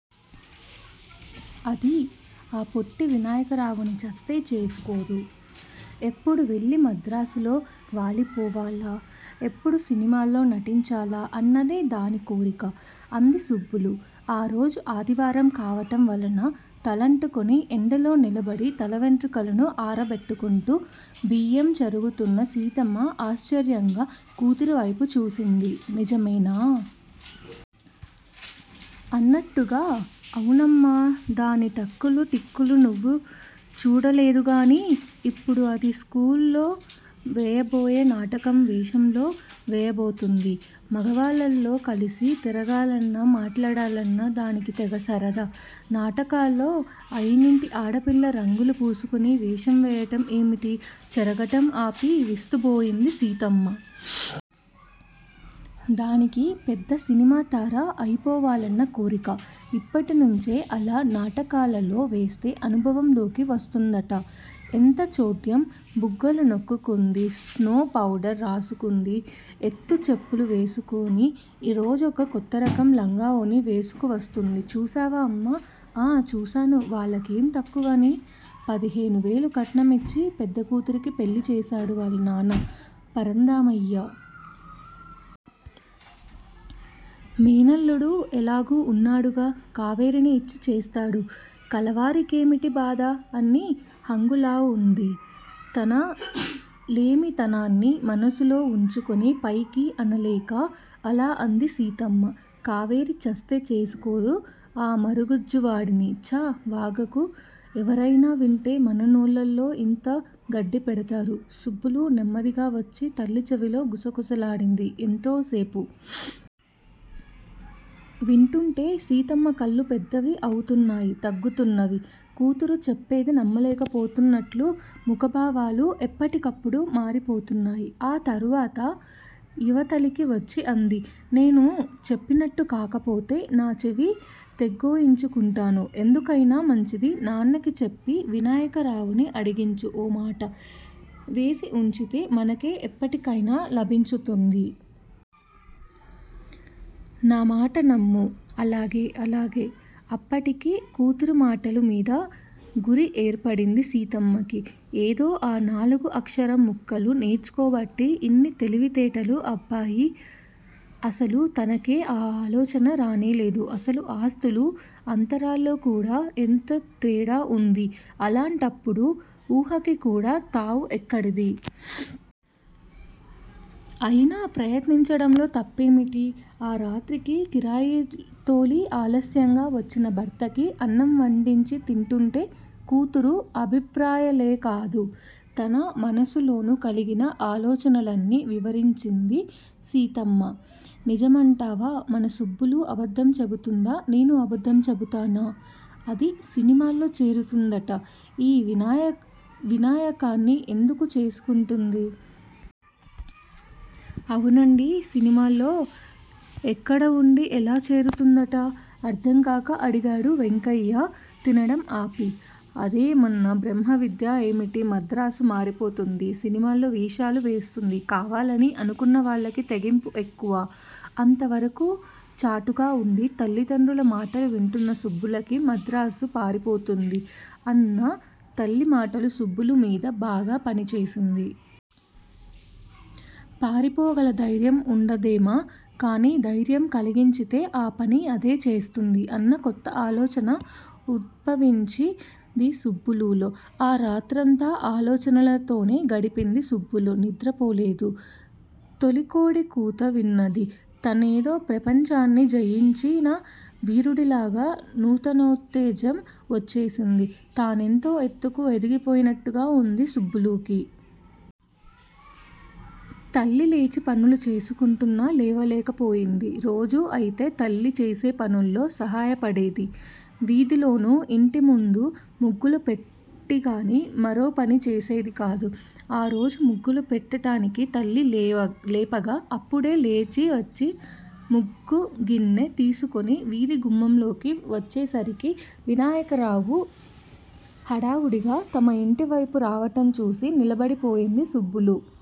అది ఆ పొట్టి వినాయకరావుని చస్తే చేసుకోదు! ఎప్పుడువెళ్ళి మద్రాసులో వాలిపోవాలా? ఎప్పుడు సినిమాల్లో నటించాలా అన్నదే దాని కోరిక! అంది సుబ్బులు! ఆరోజు ఆదివారం కావటం వలన తలంటుకుని ఎండలో నిలబడి తలవెంట్రుకలను ఆరబెట్టుకుంటూ. బియ్యం చెరుగుతున్న సీతమ్మ ఆశ్చర్యంగా కూతురివైపు చూసింది నిజమేనా? అన్నట్టుగా! అవునమ్మా! దాని టక్కులు టిక్కులు నువ్వు చూడలేదుగానీ! ఇప్పుడు అది స్కూలులో వేయబోయే నాటకంలో వేషం వేయబోతోంది. మగవాళ్ళతో కలిసి తిరగాలన్నా మాట్లాడాలన్నా దానికి తెగ సరదా! నాటకాల్లో అయినింటి ఆడపిల్ల రంగులు పూసుకుని వేషం వేయటం ఏమిటి? చెరగటం ఆపి విస్తుబోయింది సీతమ్మ. దానికి పెద్ద సినిమాతార అయిపోవాలన్న కోరిక! ఇప్పటినుంచే అలా నాటకాలలో వేస్తే అనుభవంలోకి వస్తుందట! ఎంత చోద్యం! బుగ్గలు నొక్కుకుంది. స్నో, పౌడర్ రాస్తుంది ఎత్తుచేప్పులు వేస్తుంది రోజుకో కొత్తరకం లంగా, ఓణీ వేసుకువస్తుంది చూశావా అమ్మా! ఆఁచూశాను! వాళ్లకేం తక్కువని? పదిహేనువేలు కట్నం యిచ్చి పెద్దకూతురికి పెళ్ళిచేశాడు వాళ్ళనాన్న పరంధామయ్య! మేనల్లుడు ఎలాగూ వున్నాడుగా! కావేరీని యిచ్చి చేస్తాడు! కలవారికేమిటి బాధ? అన్ని హంగులూవుండి! తన లేమితనాన్ని మనసులో వుంచుకుని పైకి అనలేక అలాఅంది సీతమ్మ. కావేరి చస్తే చేసుకోదు ఆ మరుగుజ్జువాడిని. ఛా! వాగకు! ఎవరయినా వింటే మన నోళ్ళల్లో యింత గడ్డిపెడతారు. సుబ్బులు నెమ్మదిగావచ్చి తల్లి చెవిలో గుసగుసలాడింది ఎంతో సేపు! వింటుంటే సీతమ్మ కళ్ళు పెద్దవి అవుతున్నాయి తగ్గుతున్నవి! కూతురు చెప్పేది నమ్మలేకపోతున్నట్లు ముఖభావాలు ఎప్పటికప్పుడు మారిపోతున్నాయి. ఆ తరువాత యివతలికి వచ్చిఅంది. నేను చెప్పినట్టుకాకపోతే నా చెవి తెగ్గోయించుకుంటాను. ఎందుకయినా మంచిది నాన్నకి చెప్పి వినాయకరావుని అడిగించు! ఓ మాట వేసివుంచితే మనకే ఎప్పటికయినా లాభించుతుంది. నా మాట నమ్ము! అలాగే! అలాగే! అప్పటికి కూతురుమాటలు మీద గురిఏర్పడింది సీతమ్మకి! ఏదో ఆ నాలుగు అక్షరం ముక్కలు నేర్చుకోబట్టి యిన్ని తెలివితేటలు అబ్బాయి! అసలు తనకే ఈ ఆలోచన రానేలేదు! అసలు ఆస్తులు అంతరాలలోకూడా ఎంతోతేడా వుంది. అలాంటప్పుడు ఊహకికూడా తావు ఎక్కడిది? అయినా ప్రయత్నించటంలో తప్పేమిటి? ఆ రాత్రికి కిరాయితోలి ఆలస్యంగా వచ్చిన భర్తకి అన్నంవడ్డించి తింటుంటే కూతురు అభిప్రాయాలేకాదు, తన మనసులోనూ కలిగిన ఆలోచనలన్నీ వివరించింది సీతమ్మ. నిజమంటావా? మన సుబ్బులు అబద్దం చెపుతుందా? నేను అబద్దం చెపుతానా? అది సినిమాల్లో చేరుతుందట! ఈ వినాయకాన్ని ఎందుకు చేసుకుంటుంది? అవునండీ! సినిమాల్లో యిక్కడవుండి ఎలా చేరుతుందట? అర్ధంకాక అడిగాడు వెంకయ్య తినడం ఆపి. అదేమన్నా బ్రహ్మ విద్యా ఏమిటి? మద్రాసు పారిపోతుంది సినిమాల్లో వేషాలు వేస్తుంది. కావాలని అనుకున్న వాళ్ళకి తెగింపు ఎక్కువ! అంతవరకూ చాటుగావుండి తల్లిదండ్రుల మాటలు వింటున్న సుబ్బులుకి మద్రాసు పారిపోతుంది! అన్న తల్లి మాటలు సుబ్బులు మీద బాగా పనిచేసింది! పారిపోగల ధైర్యం వుండదేమో? కాని ధైర్యం కలిగించితే ఆ పనిఅదే చేస్తుంది! అన్న కొత్త ఆలోచన ఉద్భవించింది సుబ్బులులో. ఆ రాత్రంతా ఆలోచనలతోనే గడిపింది సుబ్బులు! నిద్రపోలేదు. తొలికోడి కూత విన్నది. తనేదో ప్రపంచాన్ని జయించిన వీరుడులాగా నూతనోత్తేజం వచ్చేసింది. తానెంతో ఎత్తుకు ఎదిగిపోయినట్టుగా వుంది సుబ్బులుకి! తల్లిలేచి పనులు చేసుకుంటున్నా లేవలేకపోయింది. రోజూ అయితే తల్లి చేసేపనుల్లో సహాయపడేది. వీధిలోనూ యింటిముందు ముగ్గులు పెట్టిగాని మరోపని చేసేది కాదు! ఆరోజు ముగ్గులు పెట్టటానికి తల్లి లేపగా అప్పుడే లేచివచ్చి ముగ్గుగిన్నె తీసుకుని వీధి గుమ్మంలోకి వచ్చేసరికి వినాయకరావు హడావుడిగా తమ యింటివైపుకే రావటం చూసి నిలబడిపోయింది సుబ్బులు.